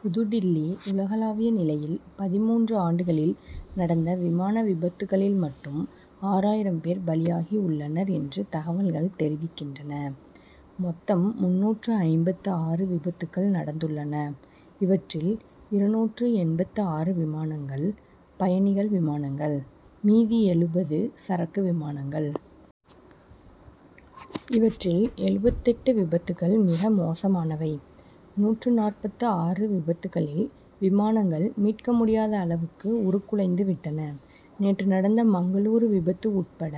புதுடில்லி உலகளாவிய நிலையில், பதிமூன்று ஆண்டுகளில் நடந்த விமான விபத்துக்களில் மட்டும், ஆறாயிரம் பேர் பலியாகி உள்ளனர் என்று தகவல்கள் தெரிவிக்கின்றன. மொத்தம் முன்னூற்று ஐம்பத்து ஆறு விபத்துக்கள் நடந்துள்ளன. இவற்றில் இருநூற்று எண்பத்து ஆறு விமானங்கள், பயணிகள் விமானங்கள். மீதி எழுபது சரக்கு விமானங்கள். இவற்றில் எழுபத்து எட்டு விபத்துக்கள் மிக மோசமானவை. நூற்று நாற்பத்து ஆறு விபத்துக்களில், விமானங்கள் மீட்க முடியாத அளவுக்கு, உருக்குலைந்து விட்டன. நேற்று நடந்த மங்களூரு விபத்து உட்பட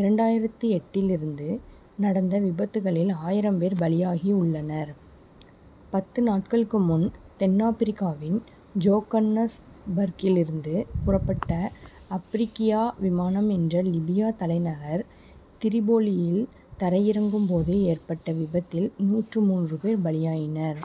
இரண்டாயிரத்து எட்டிலிருந்து நடந்த விபத்துக்களில் ஆயிரம் பேர் பலியாகியுள்ளனர். பத்து நாட்களுக்கு முன், தென்னாப்ரிக்காவின் ஜோகன்னஸ் பர்க்கிலிருந்து புறப்பட்ட அப்ரிக்கியா விமானம் என்ற லிபியா தலைநகர் திரிபோலியில் தரையிறங்கும் போது ஏற்பட்ட விபத்தில் நூற்று மூன்று பேர் பலியாயினர்.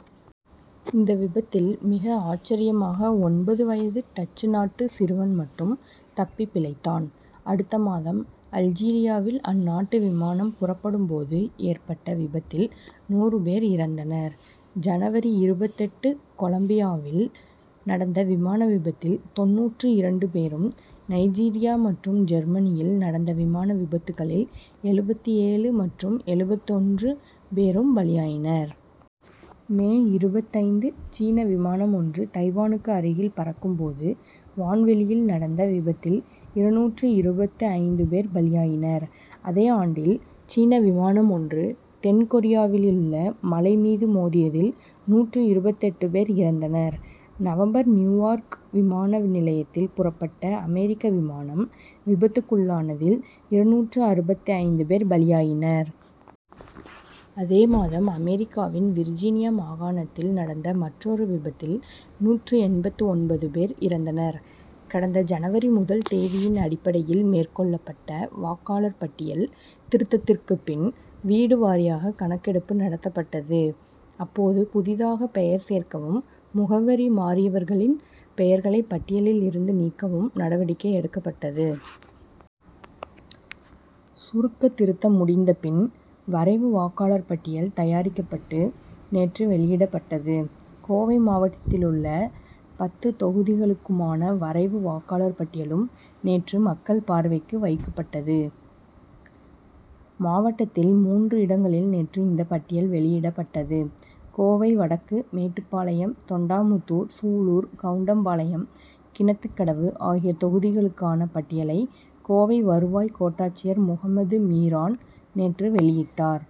இந்த விபத்தில் மிக ஆச்சரியமாக, ஒன்பது வயது டச்சு நாட்டு சிறுவன் மட்டும் தப்பி பிழைத்தான். அடுத்த மாதம், அல்ஜீரியாவில் அந்நாட்டு விமானம் புறப்படும் போது ஏற்பட்ட விபத்தில் நூறு பேர் இறந்தனர். ஜனவரி இருபத்தெட்டு கொலம்பியாவில் நடந்த விமான விபத்தில் தொண்ணூற்று இரண்டு பேரும், நைஜீரியா மற்றும் ஜெர்மனியில் நடந்த விமான விபத்துக்களில், எழுபத்து ஏழு மற்றும் எழுபத்து ஒன்று பேரும் பலியாயினர். மே இருபத்து ஐந்து சீன விமானம் ஒன்று தைவானுக்கு அருகில் பறக்கும் போது, வான்வெளியில் நடந்த விபத்தில், இருநூற்று இருபத்து ஐந்து பேர் பலியாயினர். அதே ஆண்டில், சீன விமானம் ஒன்று தென்கொரியாவிலுள்ள மலை மீது மோதியதில் நூற்று இருபத்து எட்டு பேர் இறந்தனர். நவம்பர் நியூயார்க் விமான நிலையத்தில் புறப்பட்ட அமெரிக்க விமானம் விபத்துக்குள்ளானதில், இருநூற்று அறுபத்து ஐந்து பேர் பலியாயினர். அதே மாதம் அமெரிக்காவின் விர்ஜீனியா மாகாணத்தில் நடந்த மற்றொரு விபத்தில், நூற்று எண்பத்து ஒன்பது பேர் இறந்தனர். கடந்த ஜனவரி முதல் தேதியின் அடிப்படையில் மேற்கொள்ளப்பட்ட வாக்காளர் பட்டியல் திருத்தத்திற்குப் பின், வீடு வாரியாக கணக்கெடுப்பு நடத்தப்பட்டது. அப்போது, புதிதாக பெயர் சேர்க்கவும், முகவரி மாறியவர்களின் பெயர்களைப் பட்டியலில் இருந்து நீக்கவும் நடவடிக்கை எடுக்கப்பட்டது. சுருக்க திருத்தம் முடிந்தபின், வரைவு வாக்காளர் பட்டியல் தயாரிக்கப்பட்டு, நேற்று வெளியிடப்பட்டது. கோவை மாவட்டத்திலுள்ள பத்து தொகுதிகளுக்குமான வரைவு வாக்காளர் பட்டியலும் நேற்று மக்கள் பார்வைக்கு வைக்கப்பட்டது. மாவட்டத்தில் மூன்று இடங்களில் நேற்று இந்த பட்டியல் வெளியிடப்பட்டது. கோவை வடக்கு, மேட்டுப்பாளையம், தொண்டாமுத்தூர், சூலூர், கவுண்டம் பாளையம், கிணத்துக்கடவு ஆகிய தொகுதிகளுக்கான பட்டியலை, கோவை வருவாய் கோட்டாட்சியர் முகம்மது மீரான் நேற்று வெளியிட்டார்.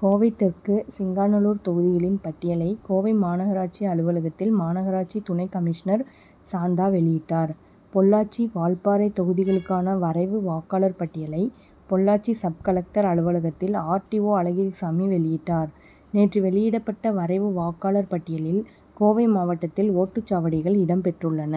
கோவை தெற்கு, சிங்காநல்லூர் தொகுதிகளின் பட்டியலை, கோவை மாநகராட்சி அலுவலகத்தில் மாநகராட்சி துணை கமிஷனர் சாந்தா வெளியிட்டார். பொள்ளாச்சி, வால்பாறை தொகுதிகளுக்கான வரைவு வாக்காளர் பட்டியலை, பொள்ளாச்சி சப்-கலெக்டர் அலுவலகத்தில் ஆர். டி. ஓ. அழகிரிசாமி வெளியிட்டார். நேற்று வெளியிடப்பட்ட வரைவு வாக்காளர் பட்டியலில் கோவை மாவட்டத்தில் ஓட்டுச்சாவடிகள் இடம் பெற்றுள்ளன.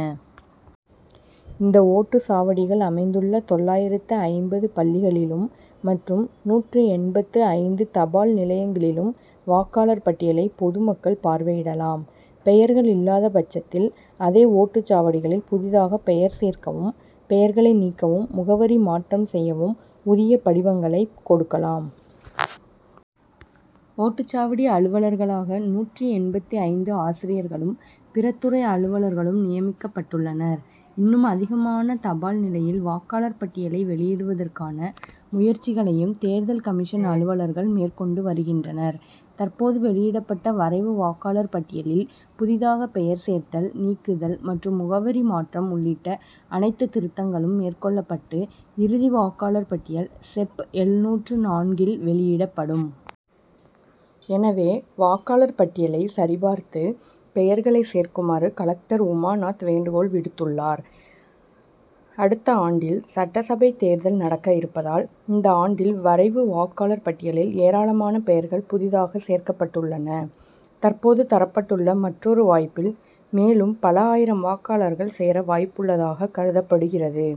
இந்த ஓட்டு சாவடிகள் அமைந்துள்ள தொள்ளாயிரத்து ஐம்பது பள்ளிகளிலும் மற்றும் நூற்று எண்பத்து ஐந்து தபால் நிலையங்களிலும் வாக்காளர் பட்டியலை பொது மக்கள் பார்வையிடலாம். பெயர்கள் இல்லாதபட்சத்தில் அதே ஓட்டுச் சாவடிகளில் புதிதாக பெயர் சேர்க்கவும் பெயர்களை நீக்கவும் முகவரி மாற்றம் செய்யவும் உரிய படிவங்களைக் கொடுக்கலாம். ஓட்டுச்சாவடி அலுவலர்களாக நூற்று எண்பத்து ஐந்து ஆசிரியர்களும் பிற துறை அலுவலர்களும் நியமிக்கப்பட்டுள்ளனர். இன்னும் அதிகமான தபால் நிலையில் வாக்காளர் பட்டியலை வெளியிடுவதற்கான முயற்சிகளையும் தேர்தல் கமிஷன் அலுவலர்கள் மேற்கொண்டு வருகின்றனர். தற்போது வெளியிடப்பட்ட வரைவு வாக்காளர் பட்டியலில் புதிதாக பெயர் சேர்த்தல், நீக்குதல் மற்றும் முகவரி மாற்றம் உள்ளிட்ட அனைத்துத் திருத்தங்களும் மேற்கொள்ளப்பட்டு, இறுதி வாக்காளர் பட்டியல் செப் எழுநூற்று நான்கு இல் வெளியிடப்படும். எனவே வாக்காளர் பட்டியலைச் சரி பார்த்து, பெயர்களைச் சேர்க்குமாறு கலெக்டர் உமாநாத் வேண்டுகோள் விடுத்துள்ளார். அடுத்த ஆண்டில் சட்டசபைத் தேர்தல் நடக்க இருப்பதால், இந்த ஆண்டில் வரைவு வாக்காளர் பட்டியலில் ஏராளமான பெயர்கள் புதிதாகச் சேர்க்கப்பட்டுள்ளன. தற்போது தரப்பட்டுள்ள மற்றொரு வாய்ப்பில் மேலும் பல ஆயிரம் வாக்காளர்கள் சேர வாய்ப்புள்ளதாகக் கருதப்படுகிறது.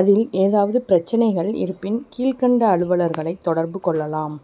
அதில் ஏதாவது பிரச்னைகள் இருப்பின் கீழ்க்கண்ட அலுவலர்களை தொடர்பு கொள்ளலாம்.